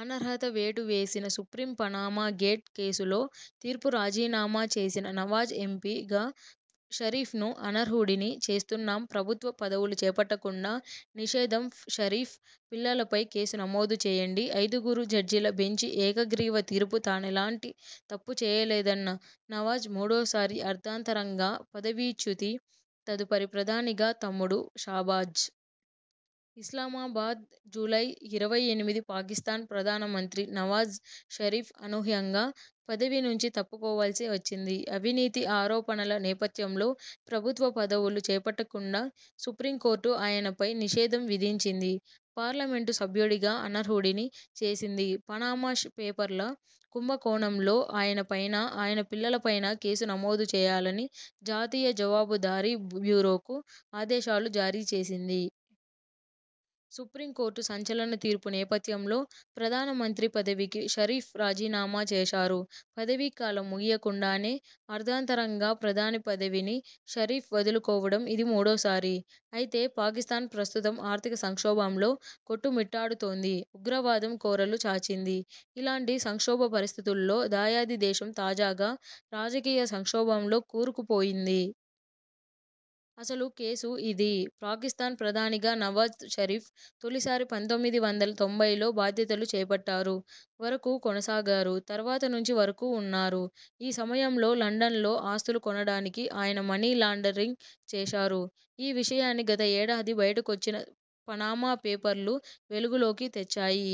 అనర్హత వేటు వేసిన సుప్రీం పనామా గేట్ కేసులో తీర్పురాజీనామా చేసిన నవాజ్ ఎం.పి గా షరీఫ్ను అనర్హుడిని చేస్తున్నాం ప్రభుత్వ పదవులు చేపట్టకుండా నిషేధం షరీఫ్, పిల్లలపై కేసు నమోదు చేయండి ఐదుగురు జడ్జిల బెంచి ఏకగ్రీవ తీర్పు తానెలాంటి తప్పు చేయలేదన్న నవాజ్ మూడోసారి అర్థాంతరంగా పదవీచ్యుతి తదుపరి ప్రధానిగా తమ్ముడు షాబాజ్? ఇస్లామాబాద్, జూలై ఇరవై ఎనిమిది పాకిస్థాన్ ప్రధాన మంత్రి నవాజ్ షరీఫ్ అనూహ్యంగా పదవి నుంచి తప్పుకోవాల్సి వచ్చింది. అవినీతి ఆరోపణల నేపథ్యంలో, ప్రభుత్వ పదవులు చేపట్టకుండా సుప్రీం కోర్టు ఆయనపై నిషేధం విధించింది. పార్లమెంటు సభ్యుడిగా అనర్హుడిని చేసింది. పనామా పేపర్ల కుంభ కోణంలో ఆయన పైనా, ఆయన పిల్లల పైనా కేసు నమోదు చేయాలని జాతీయ జవాబుదారీ బ్యూరోకు ఆదేశాలు జారీ చేసింది. సుప్రీం కోర్టు సంచలన తీర్పు నేపథ్యంలో ప్రధాన మంత్రి పదవికి షరీఫ్ రాజీనామా చేశారు. పదవీ కాలం ముగియకుండానే అర్థాంతరంగా ప్రధాని పదవిని షరీఫ్ వదులుకోవడం ఇది మూడోసారి. అయితే, పాకిస్థాన్ ప్రస్తుతం ఆర్థిక సంక్షోభంలో కొట్టుమిట్టాడుతోంది. ఉగ్రవాదం కోరలు చాచింది. ఇలాంటి సంక్షోభ పరిస్థితుల్లో దాయాది దేశం తాజాగా రాజకీయ సంక్షోభంలో కూరుకుపోయింది. అసలు కేసు ఇదీ! పాకిస్థాన్ ప్రధానిగా నవాజ్ షరీఫ్ తొలిసారి పంతొమ్మిది వందల తొంభైలో బాధ్యతలు చేపట్టారు. వరకూ కొనసాగారు. తర్వాత నుంచి వరకూ ఉన్నారు. ఈ సమయంలో లండన్ లో ఆస్తులు కొనడానికి ఆయన మనీ లాండరింగ్ చేశారు. ఈ విషయాన్ని గత ఏడాది బయటకొచ్చిన పనామా పేపర్లు వెలుగులోకి తెచ్చాయి.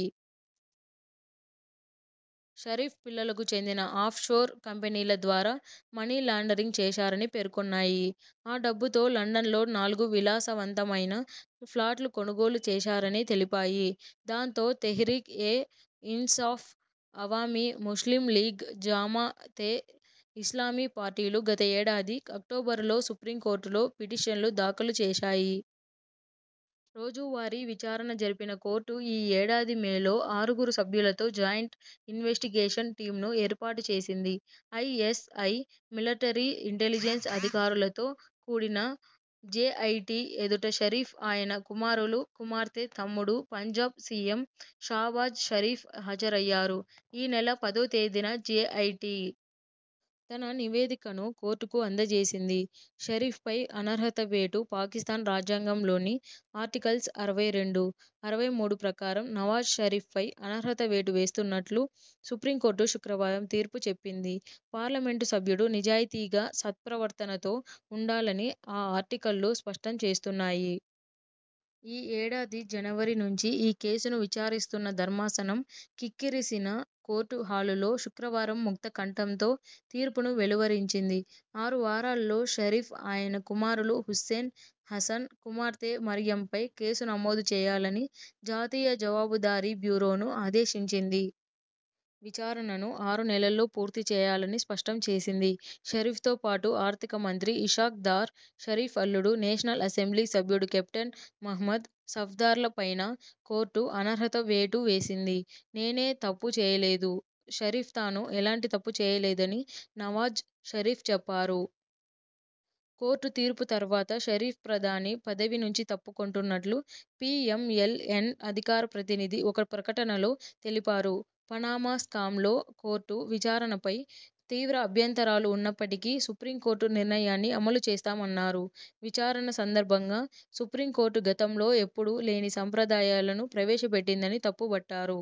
షరీఫ్ పిల్లలకు చెందిన ఆఫ్షోర్ కంపెనీల ద్వారా మనీ లాండరింగ్ చేశారని పేర్కొన్నాయి. ఆ డబ్బుతో లండన్లో నాలుగు విలాసవంతమైన ఫ్లాట్లు కొనుగోలు చేశారని తెలిపాయి. దాంతో, తెహ్రీక్ ఏ ఇన్సాఫ్, అవామీ ముస్లిం లీగ్, జామా తే ఇస్లామీ పార్టీలు గత ఏడాది అక్టోబరులో సుప్రీం కోర్టులో పిటిషన్లు దాఖలు చేశాయి. రోజువారీ విచారణ జరిపిన కోర్టు ఈ ఏడాది మేలో ఆరుగురు సభ్యులతో జాయింట్ ఇన్వెస్టిగేషన్ టీమ్ను ఏర్పాటు చేసింది. ఐ.ఎస్.ఐ, మిలటరీ ఇంటెలిజెన్స్ అధికారులతో కూడిన జే.ఐ.టీ ఎదుట షరీఫ్, ఆయన కుమారులు, కుమార్తె, తమ్ముడు, పంజాబ్ సీ.ఎం షాబాజ్ షరీఫ్ హాజరయ్యారు. ఈ నెల పదో తేదీన జే.ఐ.టీ తన నివేదికను కోర్టుకు అందజేసింది. షరీఫ్ పై అనర్హత వేటు. పాకిస్థాన్ రాజ్యాంగంలోని ఆర్టికల్స్ అరవై రెండు, అరవై మూడు ప్రకారం నవాజ్ షరీఫ్పై అనర్హత వేటు వేస్తున్నట్లు సుప్రీం కోర్టు శుక్రవారం తీర్పు చెప్పింది. పార్లమెంటు సభ్యుడు నిజాయతీగా, సత్ప్రవర్తనతో ఉండాలని ఆ ఆర్టికళ్లు స్పష్టం చేస్తున్నాయి. ఈ ఏడా ది జనవరి నుంచి ఈ కేసును విచారిస్తున్న ధర్మాసనం.. కిక్కిరిసిన కోర్టు హాలులో శుక్రవారం ముక్త కంఠంతో తీర్పు ను వెలువరించింది. ఆరు వారాల్లో షరీఫ్, ఆయన కుమారులు హుస్సేన్, హసన్, కుమార్తె మరియంపై కేసు నమోదు చేయాలని జాతీయ జవాబుదారీ బ్యూరోను ఆదేశించింది. విచారణను ఆరు నెలల్లో పూర్తి చేయాలని స్పష్టం చేసింది. షరీఫ్ తో పాటు ఆర్థిక మంత్రి ఇషాక్ దార్, షరీఫ్ అల్లుడు, నేషనల్ అసెంబ్లీ సభ్యుడు కెప్టెన్ మహ్మద్ సఫ్దార్ల పైనా కోర్టు అనర్హత వేటు వేసింది. నేనే తప్పూ చేయలేదు షరీఫ్తాను ఎలాంటి తప్పు చేయలేదని నవాజ్ షరీఫ్ చెప్పారు. కోర్టు తీర్పు తర్వాత షరీఫ్ ప్రధాని పదవి నుంచి తప్పుకొంటున్నట్లు పీ.ఎం.ఎల్. ఎన్ అధికార ప్రతినిధి ఒక ప్రకటనలో తెలిపారు. పనామా స్కాంలో కోర్టు విచారణపై తీవ్ర అభ్యంతరాలు ఉన్నప్పటికీ, సుప్రీం కోర్టు నిర్ణయాన్ని అమలు చేస్తామన్నారు. విచారణ సందర్భంగా సుప్రీం కోర్టు గతంలో ఎప్పుడూ లేని సంప్రదాయాలను ప్రవేశపెట్టిందని తప్పుబట్టారు.